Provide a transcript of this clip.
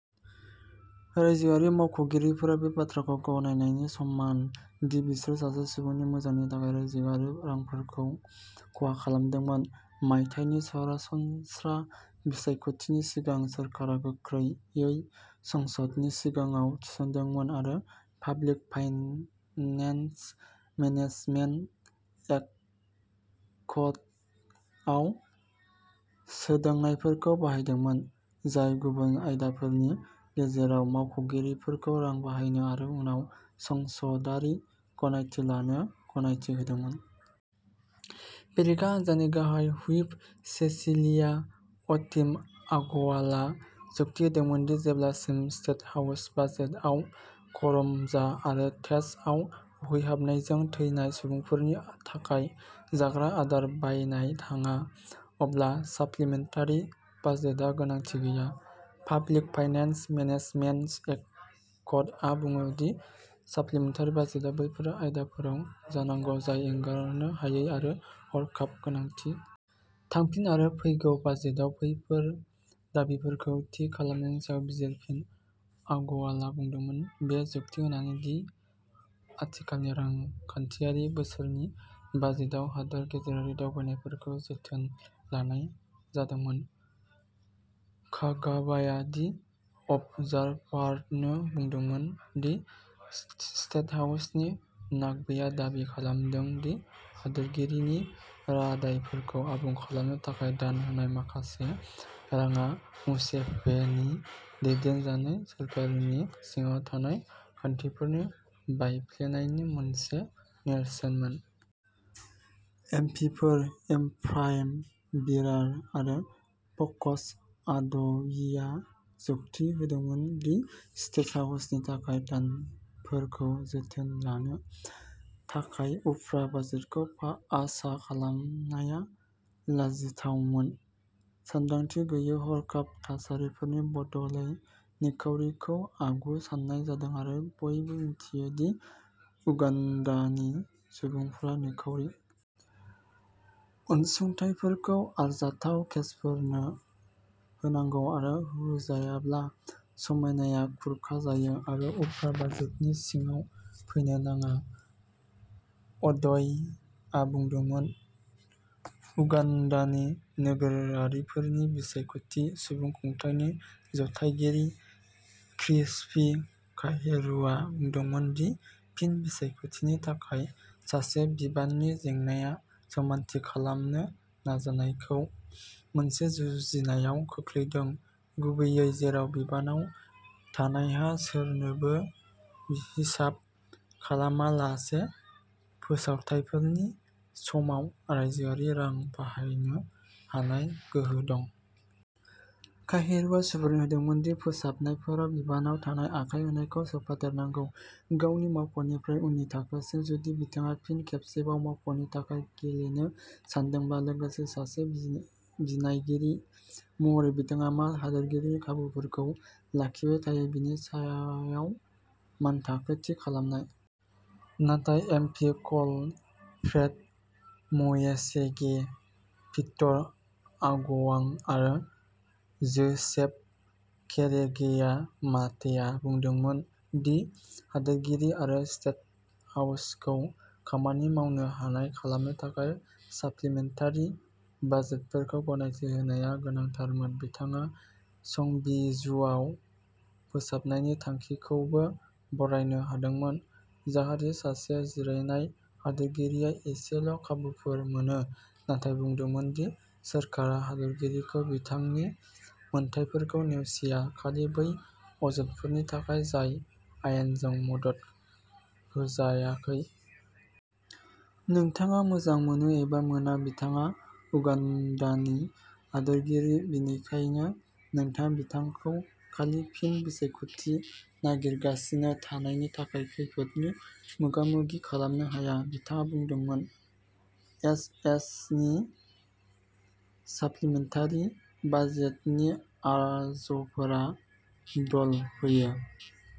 रायजोआरि मावख'गिरिफोरा बे बाथ्राखौ गनायनायनि समान दि बिसोरो सासे सुबुंनि मोजांनि थाखाय रायजोआरि रांफोरखौ खहा खालामदोंमोन। मायथाइनि सरासनस्रा बिसायख'थिनि सिगां, सोरखारा गोख्रैयै संसदनि सिगाङाव थिसन्दोंमोन आरो पाब्लिक फाइनेन्स मेनेजमेन्ट एक्टआव सोदांनायफोरखौ बाहायदोंमोन, जाय गुबुन आयदाफोरनि गेजेराव मावख'गिरिफोरखौ रां बाहायनो आरो उनाव संसदारि गनायथि लानो गनायथि होदोंमोन। बेरेखा हान्जानि गाहाय हुइप, सेसिलिया अटिम अगवालआ जुक्ति होदोंमोन दि जेब्लासिम स्टेट हाउस बाजेटआव करम'जा आरो टेस'आव उखैहाबनायजों थैनाय सुबुंफोरनि थाखाय जाग्रा आदार बायनाय थाङा, अब्ला साप्लिमेन्टारि बाजेटआ गोनांथि गैया। पाब्लिक फाइनेन्स मेनेजमेन्ट एक्टआ बुङो दि साप्लिमेन्टारि बाजेटआ बैफोर आयदाफोराव जानांगौ जाय एंगारनो हायै आरो हरखाब गोनांथि। थांफिन आरो फैगौ बाजेटआव बैफोर दाबिफोरखौ थि खालामनायनि सायाव बिजिरफिन, अगवालआ बुंदोंमोन, बे जुक्ति होनानै दि आथिखालनि रांखान्थियारि बोसोरनि बाजेटआव हादोर गेजेरारि दावबायनायफोरखौ जोथोन लानाय जादोंमोन। कागाबाया दि अबजारभारनो बुंदोंमोन दि स्टेट हाउसनि नाक'बेआ दाबि खालामदों दि हादोरगिरिनि रादायफोरखौ आबुं खालामनो थाखाय दान होनाय माखासे राङा मुसेभेनी दैदेनजानाय सोरखारनि सिङाव थानाय खान्थिफोरनि बायफ्लेनायनि मोनसे नेरसोनमोन। एम पिफोर एफ्राइम बिरा आरो फक्स अद'ईआ जुक्ति होदोंमोन दि स्टेट हाउसनि थाखाय दानफोरखौ जोथोन लानो थाखाय उफ्रा बाजेटखौ फा आसा खालामनाया लाजिथावमोन, सानदांथि गैयै हरखाब थासारिफोरनि बदलै। निखावरिखौ आगु सान्नाय जादों आरो बयबो मिथियो दि उगाण्डानि सुबुंफोरा निखावरि। अनसुंथाइफोरखौ आरजाथाव केसफोरनो होनांगौ आरो होजायाब्ला, समायनाया खुरखाजायो आरो उफ्रा बाजेटनि सिङाव फैनो नाङा, अद'ई आ बुंदोंमोन। उगाण्डानि नोगोरारिफोरनि बिसायख'थि सुबुंखुंथायनि जथायगिरि, क्रिस्पी काहेरुआ बुंदोंमोन दि फिन बिसायख'थिनि थाखाय सासे बिबाननि जेंनाया समानथि खालामनो नाजानायखौ मोनसे जुजिनायाव खोख्लैदों, गुबैयै जेराव बिबानाव थानायहा सोरनोबो हिसाब खालामालासे फोसावथायफोरनि समाव रायजोआरि रां बाहायनो हानाय गोहो दं। काहेरुआ सुबुरुन होदोंमोन दि फोसाबनायफोराव बिबानाव थानाय आखाय होनायखौ सोफादेरनांगौ। गावनि मावख'निफ्राय उननि थाखोसिम, जुदि बिथाङा फिन खेबसेबाव मावख'नि थाखाय गेलेनो सानदोंब्ला, लोगोसे सासे बि-बिनायगिरि महरै बिथाङा मा हादोरगिरिनि खाबुफोरखौ लाखिबाय थायो बेनि सायाव मानथाखो थि खालामनाय। नाथाय एम पि क'ल फ्रेड म्वेसिगे, पीटर अगवां आरो जोसेफ किरेगेया माटे आ बुंदोंमोन दि हादोरगिरि आरो स्टेट हाउसखौ खामानि मावनो हानाय खालामनो थाखाय साप्लिमेन्टारि बाजेटफोरखौ गनायथि होनाया गोनांथारमोन। बिथाङा संबिजुवाव फोसाबनायनि थांखिखौबो बरायनो हादोंमोन, जाहाथे सासे जिरायनाय हादोरगिरिया एसेल' खाबुफोर मोनो, नाथाय बुंदोंमोन दि सोरखारा हादोरगिरिखौ बिथांनि मोन्थाइफोरखौ नेवसिया, खालि बै अजदफोरनि थाखाय जाय आयेनजों मदद होजायाखै। नोंथाङा मोजां मोनो एबा मोना, बिथाङा उगान्डानि हादोरगिरि, बेनिखायनो नोंथाङा बिथांखौ खालि फिन बिसायख'थि नागिरगासिनो थानायनि थाखाय खैफोदनि मोगामोगि खालामनो हाया, बिथाङा बुंदोंमोन। एच एसनि साप्लिमेन्टारि बाजेटनि आर'जफोरा द'ल' फैयो।